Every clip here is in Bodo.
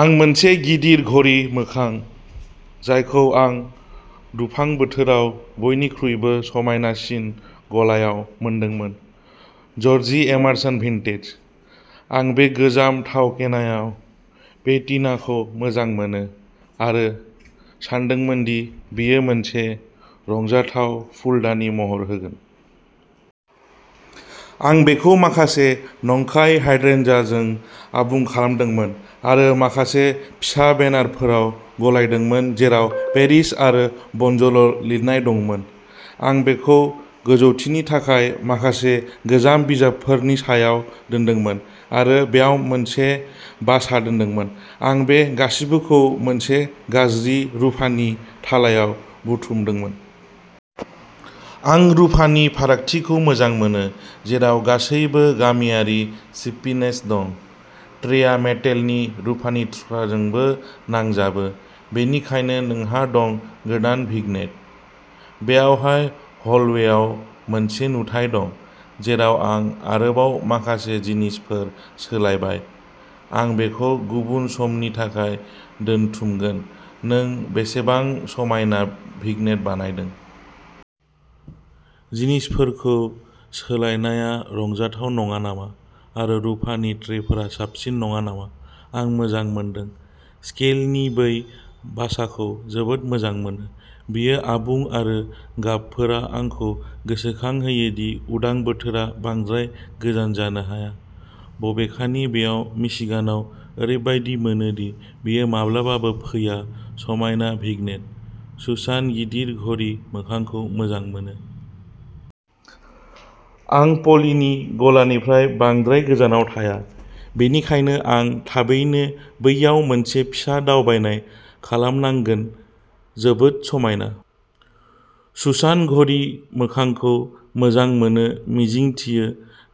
आं मोनसे गिदिर घरि मोखां, जायखौ आं दुफां बोथोराव बयनिख्रुइबो समायनासिन गलायाव मोनदोंमोन, जर्जि एमारसन भिन्टेज। आं बे गोजाम थाव केनआव पेटिनाखौ मोजां मोनो आरो सानदोंमोन दि बेयो मोनसे रंजाथाव फुलदानि महर होगोन। आं बेखौ माखासे नंखाय हाइड्रेन्जाजों आबुं खालामदोंमोन आरो माखासे फिसा बेनारफोराव गलायदोंमोन जेराव पेरिस आरो बनजर' लिरनाय दंमोन। आं बेखौ गोजौथिनि थाखाय माखासे गोजाम बिजाबफोरनि सायाव दोनदोंमोन आरो बेयाव मोनसे बासा दोनदोंमोन। आं बे गासिबोखौ मोनसे गाज्रि रुफानि थालायाव बुथुमदोंमोन। आं रुफानि फारागथिखौ मोजां मोनो, जेराव गासैबो गामियारि सिप्पिनेस दं। ट्रेआ मेन्टेलनि रुफानि थुख्राफोरजोंबो नांजाबो। बेनिखायनो नोंहा दं गोदान भिग्नेट। बेवहाय हलवेयाव मोनसे नुथाइ दं, जेराव आं आरोबाव माखासे जिनिसफोर सोलायबाय। आं बेखौ गुबुन समनि थाखाय दोनथुमगोन नों बेसेबां समायना भिग्नेट बानायदों। जिनिसफोरखौ सोलायनाया रंजाथाव नङा नामा आरो रुफानि ट्रेफोरा साबसिन नङा नामा? आं मोजां मोनदों। स्केलनि बै बासाखौ जोबोद मोजां मोनो। बेयो आबुं आरो गाबफोरा आंखौ गोसोखांहोयो दि उदां बोथोरा बांद्राय गोजान जानो हाया, बबेखानि बेयाव मिशिगानाव ओरैबायदि मोनो दि बेयो माब्लाबाबो फैया समायना भिग्नेट, सुसान गिदिर घरि मोखांखौ मोजां मोनो। आं पलिनि गलानिफ्राय बांद्राय गोजानाव थाया, बेनिखायनो आं थाबैनो बैयाव मोनसे फिसा दावबायनाय खालामनांगोन जोबोद समायना, सुसान घरि मोखांखौ मोजां मोनो मिजिंथियो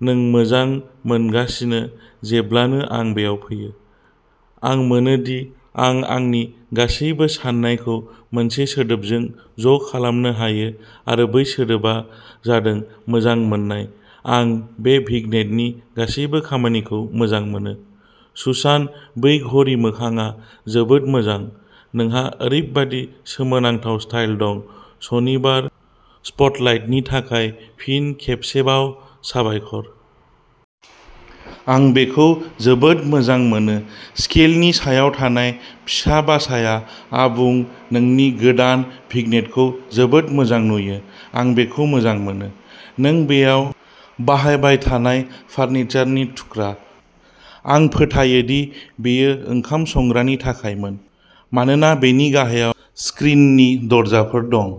नों मोजां मोनगासिनो जेब्लानो आं बेयाव फैयो, आं मोनो दि आं आंनि गासैबो साननायखौ मोनसे सोदोबजों ज' खालामनो हायो आरो बै सोदोबआ जादों मोजां मोननाय आं बे भिग्नेटनि गासैबो खामानिखौ मोजां मोनो, सुसान बै घरि मोखांआ जोबोद मोजां नोंहा ओरैबायदि सोमोनांथाव स्टाइल दं सनिबार स्पटलाइटनि थाखाय फिन खेबसेबाव साबायखर। आं बेखौ जोबोद मोजां मोनो स्केलनि सायाव थानाय फिसा बासाया आबुं नोंनि गोदान भिग्नेटखौ जोबोद मोजां नुयो आं बेखौ मोजां मोनो। नों बैयाव बाहायबाय थानाय फार्निचारनि थुख्रा। आं फोथायो दि बेयो ओंखाम संग्रानि थाखायमोन, मानोना बेनि गाहायाव स्क्रिननि दरजाफोर दं।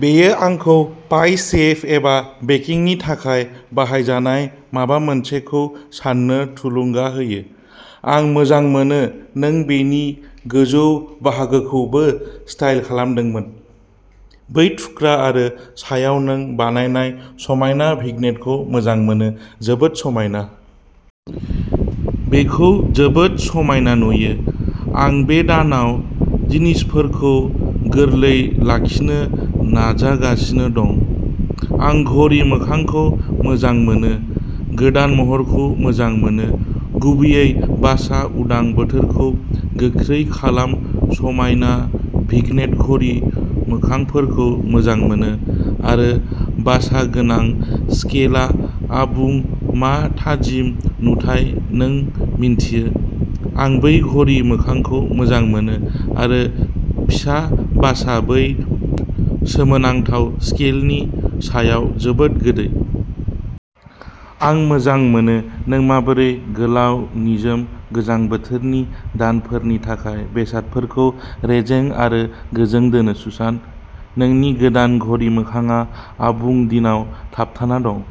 बेयो आंखौ पाइ सेफ एबा बेकिंगनि थाखाय बाहायजानाय माबा मोनसेखौ सान्नो थुलुंगा होयो। आं मोजां मोनो नों बेनि गोजौ बाहागोखौबो स्टाइल खालामदोंमोन। बै थुख्रा आरो सायाव नों बानायनाय समायना भिग्नेटखौ मोजां मोनो। जोबोद समायना। बेखौ जोबोद समायना नुयो। आं बे दानाव जिनिसफोरखौ गोरलै लाखिनो नाजागासिनो दं। आं घरि मोखांखौ मोजां मोनो गोदान महरखौ मोजां मोनो, गुबैयै बासा उदां बोथोरखौ गोख्रै खालाम समायना भिग्नेट घरि मोखांफोरखौ मोजां मोनो आरो बासा गोनां स्केलआ आबुं मा थाजिम नुथाय नों मिन्थियो आं बै घरि मोखांखौ मोजां मोनो आरो फिसा बासा बै सोमोनांथाव स्केलनि सायाव जोबोद गोदै। आं मोजां मोनो नों माबोरै गोलाव निजोम गोजां बोथोरनि दानफोरनि थाखाय बेसादफोरखौ रेजें आरो गोजों दोनो, सुसान। नोंनि गोदान घरि मोखांआ आबुं दिनाव थाबथाना दं।